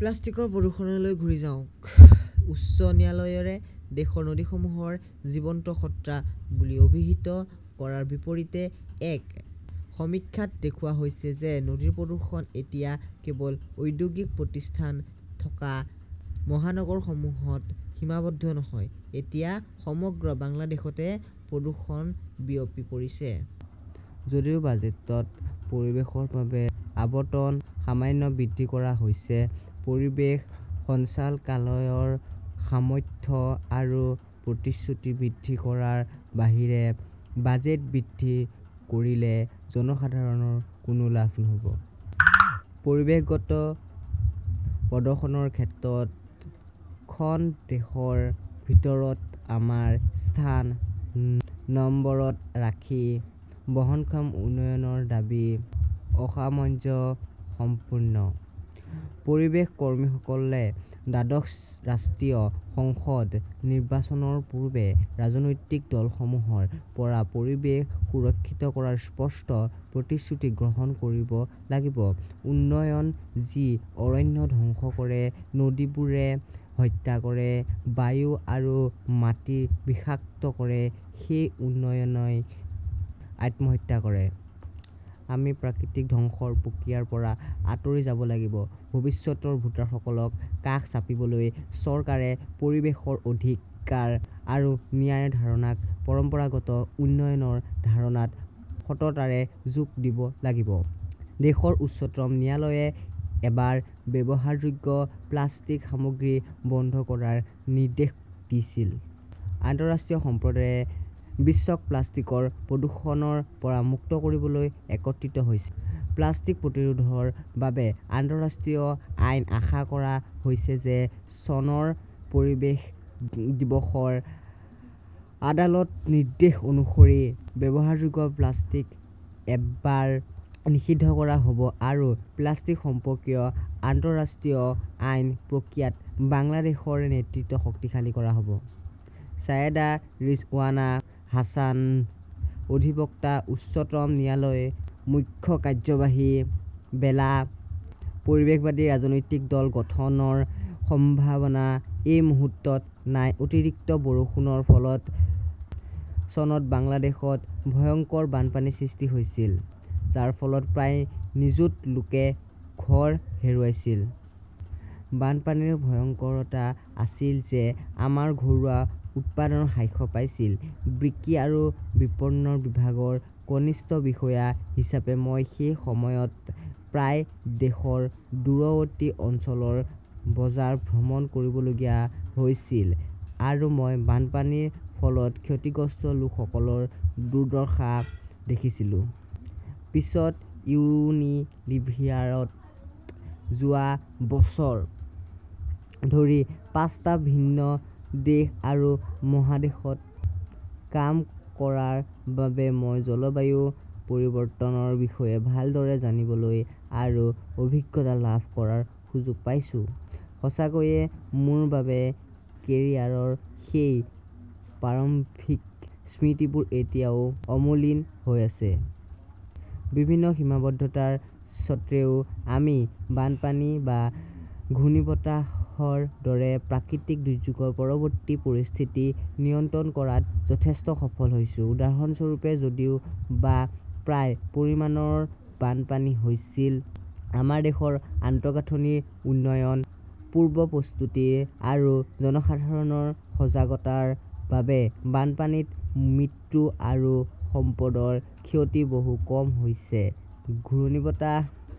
প্লাষ্টিকৰ প্ৰদূষণলৈ ঘূৰি যাওক। উচ্চ ন্যায়ালয়ে দেশৰ নদীসমূহক জীৱন্ত সত্তা বুলি অভিহিত কৰাৰ বিপৰীতে এক সমীক্ষাত দেখা গৈছে যে নদী প্ৰদূষণ এতিয়া কেৱল ঔদ্যোগিক প্ৰতিষ্ঠান থকা মহানগৰসমূহত সীমাবদ্ধ নহয়। এতিয়া সমগ্ৰ বাংলাদেশতে প্ৰদূষণ বিয়পি পৰিছে। যদিও বাজেটত পৰিৱেশৰ বাবে আবণ্টন সামান্য বৃদ্ধি কৰা হৈছে, পৰিৱেশ সঞ্চালকালয়ৰ সামৰ্থ্য আৰু প্ৰতিশ্ৰুতি বৃদ্ধি কৰাৰ বাহিৰে বাজেট বৃদ্ধি কৰিলে জনসাধাৰণৰ কোনো লাভ নহ’ব। পৰিৱেশগত প্ৰদৰ্শনৰ ক্ষেত্ৰত খন দেশৰ ভিতৰত আমাৰ স্থান নম্বৰত ৰাখি বহনক্ষম উন্নয়নৰ দাবী অসামঞ্জস্যপূৰ্ণ। পৰিৱেশ কৰ্মীসকলে দ্বাদশ ৰাষ্ট্ৰীয় সংসদ নিৰ্বাচনৰ পূৰ্বে ৰাজনৈতিক দলসমূহৰ পৰা পৰিৱেশ সুৰক্ষিত কৰাৰ স্পষ্ট প্ৰতিশ্ৰুতি গ্ৰহণ কৰিব লাগিব। উন্নয়ন যি অৰণ্য ধ্বংস কৰে; নদীবোৰে হত্যা কৰে; বায়ু আৰু মাটি বিষাক্ত কৰে, সেই উন্নয়নই আত্মহত্যা কৰে। আমি প্ৰকৃতি ধ্বংসৰ প্ৰক্ৰিয়াৰ পৰা আঁতৰি যাব লাগিব। ভৱিষ্যতৰ ভোটাৰসকলক কাষ চাপিবলৈ চৰকাৰে পৰিৱেশৰ অধিকাৰ আৰু ন্যায়ৰ ধাৰণাক পৰম্পৰাগত উন্নয়নৰ ধাৰণাত সততাৰে যোগ দিব লাগিব। দেশৰ উচ্চতম ন্যায়ালয়ে এবাৰ ব্যৱহাৰযোগ্য প্লাষ্টিক সামগ্ৰী বন্ধ কৰাৰ নিৰ্দেশ দিছিল। আন্তঃৰাষ্ট্ৰীয় সম্প্ৰদায়ে বিশ্বক প্লাষ্টিকৰ প্ৰদূষণৰ পৰা মুক্ত কৰিবলৈ একত্ৰিত হৈছে। প্লাষ্টিক প্ৰতিৰোধৰ বাবে আন্তঃৰাষ্ট্ৰীয় আইন আশা কৰা হৈছে যে চনৰ পৰিৱেশ দিৱসত আদালতৰ নিৰ্দেশ অনুসৰি ব্যৱহাৰযোগ্য প্লাষ্টিক এইবাৰ নিষিদ্ধ কৰা হ 'ব আৰু প্লাষ্টিক সম্পৰ্কীয় আন্তঃৰাষ্ট্ৰীয় আইন প্ৰক্ৰিয়াত বাংলাদেশৰ নেতৃত্ব শক্তিশালী কৰা হ' ব। ছায়েদা ৰিজৱানা হাছানঃ অধিবক্তা, উচ্চতম ন্যায়ালয়; মুখ্য কাৰ্যবাহী, বেলা। পৰিৱেশবাদী ৰাজনৈতিক দল গঠনৰ সম্ভাৱনা এই মুহূৰ্তত নাই অতিৰিক্ত বৰষুণৰ ফলত চনত বাংলাদেশত ভয়ংকৰ বানপানীৰ সৃষ্টি হৈছিল, যাৰ ফলত প্ৰায় নিযুত লোকে ঘৰ হেৰুৱাইছিল। বানপানীৰ ভয়ংকৰতা আছিল যে আমাৰ ঘৰুৱা উৎপাদন হ্ৰাস পাইছিল। বিক্ৰী আৰু বিপণন বিভাগৰ কনিষ্ঠ বিষয়া হিচাপে মই সেই সময়ত প্ৰায়ে দেশৰ দূৰৱৰ্তী অঞ্চলৰ বজাৰ ভ্ৰমণ কৰিবলগীয়া হৈছিল আৰু মই বানপানীৰ ফলত ক্ষতিগ্ৰস্ত লোকসকলৰ দুৰ্দশা দেখিছিলোঁ। পিছত ইউনিলিভাৰত যোৱা বছৰ ধৰি পাঁচটা ভিন্ন দেশ আৰু মহাদেশত কাম কৰাৰ বাবে মই জলবায়ু পৰিৱৰ্তনৰ বিষয়ে ভালদৰে জানিবলৈ আৰু অভিজ্ঞতা লাভ কৰাৰ সুযোগ পাইছো। সঁচাকৈয়ে মোৰ বাবে কেৰিয়াৰৰ সেই প্ৰাৰম্ভিক স্মৃতিবোৰ এতিয়াও অমোলিন হৈ আছে। বিভিন্ন সীমাবদ্ধতাৰ স্বত্বেও আমি বানপানী বা ঘূৰ্ণীবতাহৰ দৰে প্ৰাকৃতিক দুৰ্যোগৰ পৰৱৰ্তী পৰিস্থিতি নিয়ন্ত্ৰণ কৰাত যথেষ্ট সফল হৈছো। উদাহৰণস্বৰূপে, যদিও বা প্ৰায় পৰিমাণৰ বানপানী হৈছিল, আমাৰ দেশত আন্তঃগাঁথনি উন্নয়ন, পূৰ্ব প্ৰস্তুতি আৰু জনসাধাৰণৰ সজাগতাৰ বাবে বানপানীত মৃত্যু আৰু সম্পদৰ ক্ষতি বহু কম হৈছে। ঘূৰ্ণীবতাহৰ